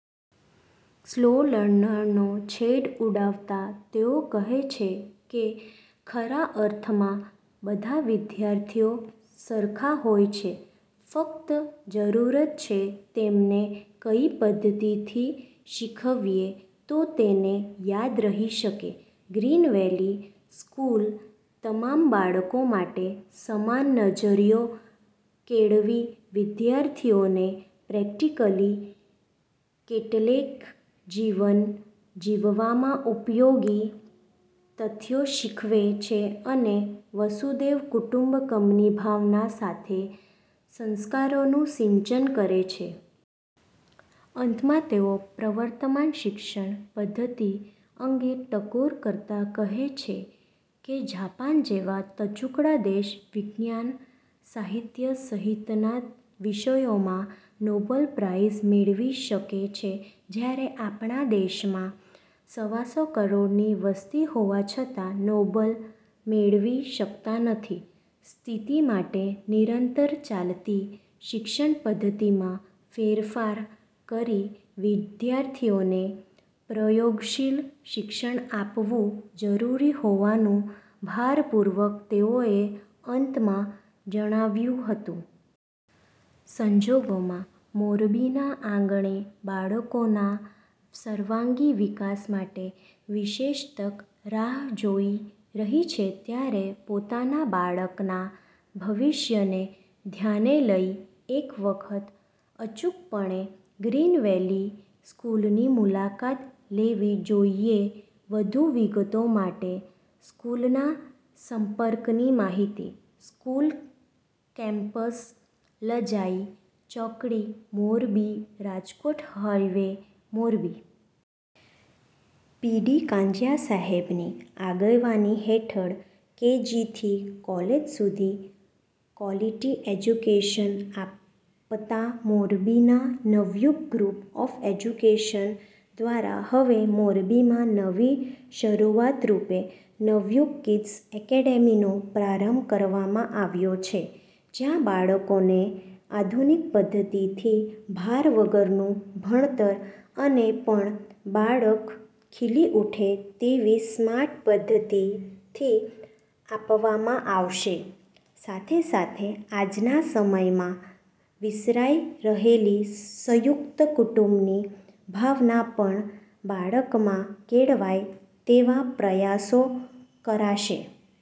Slow લર્નરનો છેદ ઉડાવતા તેઓ કહે છે કે ખરા અર્થમાં બધાવિદ્યાર્થીઓ સરખા હોય છે ફક્ત જરૂરત છે તેમને કઈ પદ્ધતિથી શીખવીએ તો તેને યાદ રહી શકે, ગ્રીનવેલી સ્કૂલ તમામ બાળકો માટે સમાન નજરીયો કેળવી વિદ્યાર્થીઓને પ્રેક્ટિકલી એટલે કે જીવન જીવવામાં ઉપયોગી તથ્યો શીખવે છે અને વસુદૈવ કુટુંબકમની ભાવના સાથે સંસ્કારોનું સિંચન કરે છે. અંતમાં તેઓ પ્રવર્તમાન શિક્ષણ પધ્ધતિ અંગે ટકોર કરતા કહે છે કે જાપાન જેવા ટચુકડા દેશ વિજ્ઞાન સાહિત્ય સહિતના વિષયોમાં નોબેલ પ્રાઈઝ મેળવી શકે છે જ્યારે આપણા દેશમાં સવાસો કરોડની વસ્તી હોવા છતાં નોબલ મેળવી શકતા નથી, સ્થિતિ માટે નિરંતર ચાલતી શિક્ષણ પદ્ધતિમાં ફેરફાર કરી વિદ્યાર્થીને પ્રયોગશીલ શિક્ષણ આપવું જરૂરી હોવાનું ભારપૂર્વક તેઓએ અંતમાં જણાવ્યું હતું. સંજોગોમાં મોરબીના આંગણે બાળકોના સર્વાંગી વિકાસ માટે વિશેષ તક રાહ જોઈ રહી છે ત્યારે પોતાના બાળકના ભવિષ્યને ધ્યાને લઇ એક વખત અચૂકપણે ગ્રીનવેલી સ્કૂલની મુલાકાત લેવીજોઈએ વધુ વિગતો માટે સ્કૂલના સંપર્કની માહિતી. સ્કૂલ કેમ્પસ લજાઈ ચોકડી, Morbi Rajkot highway, Morbi. P. D. Kanjiya સાહેબની આગેવાની હેઠળ કે. જી. થી કોલેજ સુધી ક્વોલિટી એજ્યુકેશન આપતા મોરબીના નવયુગ ગ્રુપ ઓફ એજ્યુકેશન દ્વારા હવે મોરબીમાં નવી શરૂઆત રૂપે નવયુગ કિડ્સ એકેડમીનો પ્રારંભ કરવામાં આવ્યો છે જયાં બાળકોને આધુનિક પદ્ધતિથી ભાર વગરનું ભણતર અનેપણ બાળક ખીલી ઉઠે તેવી સ્માર્ટ પદ્ધતિથી આપવામાં આવશે, સાથેસાથે આજના સમયમાં વિસરાઈ રહેલી સયુંકત કુટુંબની ભાવના પણ બાળકમાં કેળવાય તેવા પ્રયાસો કરાશે.